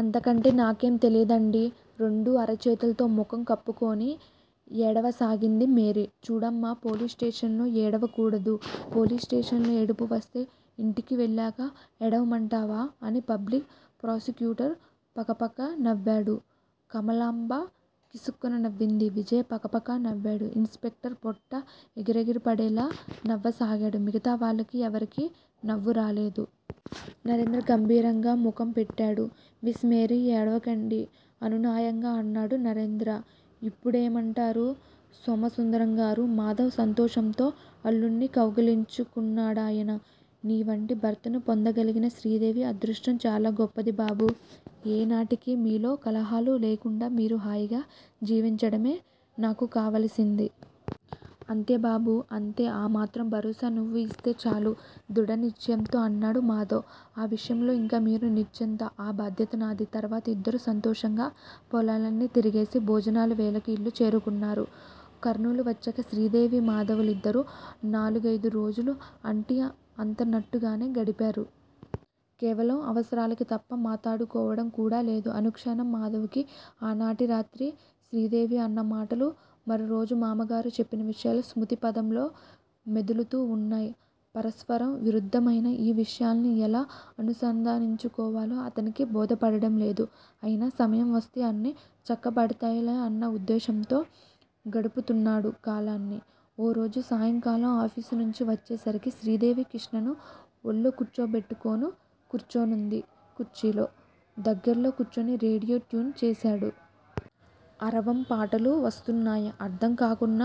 అంతకంటే నాకేం తెలియదండీ? రెండు అరచేతులతో ముఖం కప్పుకొని ఏడవ సాగింది మేరీ. చూడమ్మా! పోలీసు స్టేషల్లో ఏడవ కూడదు. పోలీసు స్టేషన్ లో ఏడుపువస్తే ఇంటికి వెళ్ళాక ఏడవమంటావా? అని పబ్లిక్ ప్రాసిక్యూటర్ పకపకనవ్వాడు. కమలాంబ కిసుక్కున నవ్వింది. విజయ్ పకపక నవ్వాడు. ఇన్స్ స్పెక్టర్ పొట్ట ఎగిగెగిరి పడేలా నవ్వసాగాడు, మిగతా వాళ్ళు ఎవ్వరికీ నవ్వురాలేదు. నరేంద్ర గంభీరంగా ముఖం పెట్టాడు. Miss Mary! ఏడవకండీ. అనునాయంగా అన్నాడు నరేంద్ర. ఇప్పుడేమంటారు సోమసుందరంగారూ? మాధవ్ సంతోషంతో అల్లుడిని కౌగిలించుకున్నాడాయన. నీ వంటి భర్తని పొందగలిగిన శ్రీదేవి అదృష్టం చాలా గొప్పది బాబూ, ఏ నాటికీ మీలో కలహాలు లేకుండా మీరు హాయిగా జీవించటమే నాకు కావలసింది. అంతే బాబు, అంతే. ఆ మాత్రం భరోసా నీవు యిస్తే చాలు. దృడ నిశ్చయంతో అన్నాడు మాధవ్ ఆ విషయంలో ఇక మీరు నిశ్చంత. ఆ భాద్యత నాది. తర్వాత ఇద్దరూ సంతోషంగా పొలాలన్నీ తిరిగేసి, భోజనాల వేళకి యిల్లు చేరుకున్నారు. కర్నూలు వచ్చాక శ్రీదేవి మాధవ్ లిద్దరూ నాలుగయిదు రోజులు అంటి అంతనట్టుగానే గడిపారు. కేవలం అవసరాలకి తప్ప మాతడుకోవటం కూడా లేదు. ఆనుక్షణం మాధవ్ కి ఆ నాటి రాత్రి శ్రీదేవి అన్న మాటలు మరురోజు మామగారు చెప్పిన విషయాలు స్మృతి పధంలో మెదులుతూ వున్నాయ్. పరస్పరం విరుద్దమయిన యీ విషయాల్ని ఎలా అనుసందానించుకోవాలో అతనికి బోధపడటంలేదు. అయినా సమయం వస్తే అన్నీ చక్కబడ తాయిలే అన్న వుద్దేశంతో గడుపుతున్నాడు కాలాన్ని, ఓ రోజు సాయంకాలం ఆఫీసునుంచి వచ్చేసరికి శ్రీదేవి కృష్ణను ఒళ్ళో కూర్చోబెట్టుకొని కూర్చునుంది కుర్చీలో, దగ్గర్లో కూర్చుని రేడియో ట్యూన్ చేశాడు. అరవం పాటలు వస్తున్నాయ్. అర్ధం కాకున్న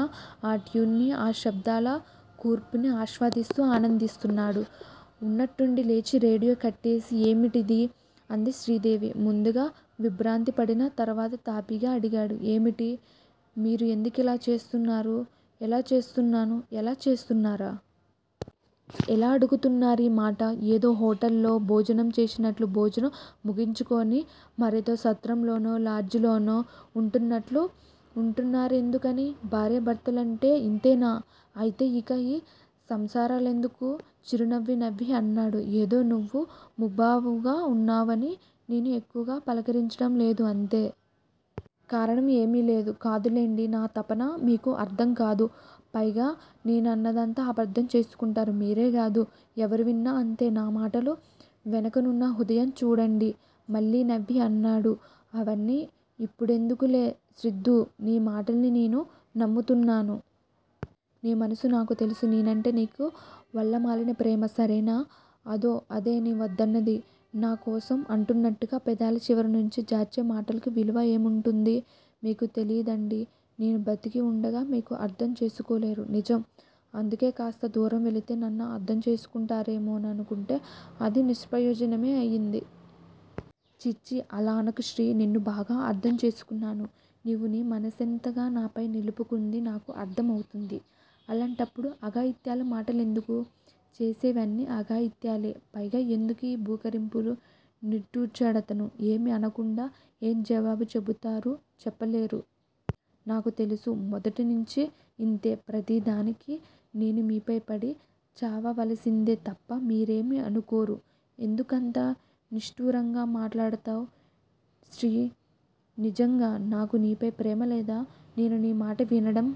ఆ ట్యూన్ని, ఆ శబ్దాల కూర్పుని ఆస్వాదిస్తూ ఆనందిస్తున్నాడు. ఉన్నట్టుండి లేచి రేడియో కట్టేసి ఏమిటిది? అంది శ్రీదేవి. ముందుగా విభ్రాంతి పడినా తర్వాత తాపిగా అడిగాడు ఏమిటి? మీరు ఎందుకిలా చేస్తున్నారు? ఎలా చేస్తున్నాను? ఎలా చేస్తున్నారా? ఎలా అడుగుతున్నారి మాట? ఏదో హొటల్ లో భోజనం చేసినట్లు భోజనం ముగించుకుని, మరేదో సత్రంలోనో లాడ్జోలోనో వుంటున్నట్లు వుంటున్నారెందుకని? భార్యా భర్తలంటే యింతేనా? అయితే యిక యీ సంసారాలెందుకు? చిరునవ్వు నవ్వి అన్నాడు ఏదో నీవు ముభావంగా వున్నావని నేనూ ఎక్కువగా పలుకరించటం లేదు అంతే. కారణం ఏమి లేదు. కాదు లెండి, నా తపన మీకు అర్ధం కాదు. పైగా నే నన్నదంతా అపార్ధం చేసుకుంటారు. మీరే కాదు. ఎవరూ విన్నా అంతే. నా మాటల వెనుక నున్న హృదయం చూడండి. మళ్ళీ నవ్వి అన్నాడు అవన్నీ యిప్పుడేందుకులే శ్రీదూ--నీ మాటల్ని నేను నమ్ముతున్నాను. నీ మనసు నాకు తెలుసు. నేనేంటే నీకు వల్లమాలినప్రేమ. సరేనా? అదో అదే నే వద్దన్నది. నా కోసం అంటున్నట్టుగా పెదాల చివరి నించి జార్చే మాటలకి విలువ ఏముంటుంది? మీకు తెలీదండి. నేను బ్రతికి వుండగా మీరు అర్ధం చేసుకోలేరు. నిజం. అందుకే కాస్త దూరం వెళితే నన్న అర్ధం చేసుకుంటారేమో ననుకుంటే అది నిష్ప్రయోజనమే అయింది. చీ! చీ! అలా అనకు శ్రీ, నిన్ను బాగా అర్ధం చేసుకున్నాను. నీవు నీ మనసెంతగా నాపై నిలుపుకుంది నాకు అర్ధం అవుతుంది. అలాంటప్పుడు అఘాయిత్యాల మాట లెందుకు? చేసేవి అన్నీ అఘాయిత్యాలే! పైగా ఎందుకీ బూకరింపులు? నిట్టుర్చాడతను ఏమి అనకుండా. ఏం జవాబు చెపుతారు, చెప్పలేరు. నాకు తెలుసు, మొదటినించి యింతే. ప్రతిదానికి నేను మీపై పడి చావవలసిందే తప్ప మీరేమి అనుకోరు. ఎందుకంత నిష్టూరంగా మాటాడతావ్? శ్రీ నిజంగా నాకు నీపై ప్రేమలేదా? నేను నీ మాట వినటం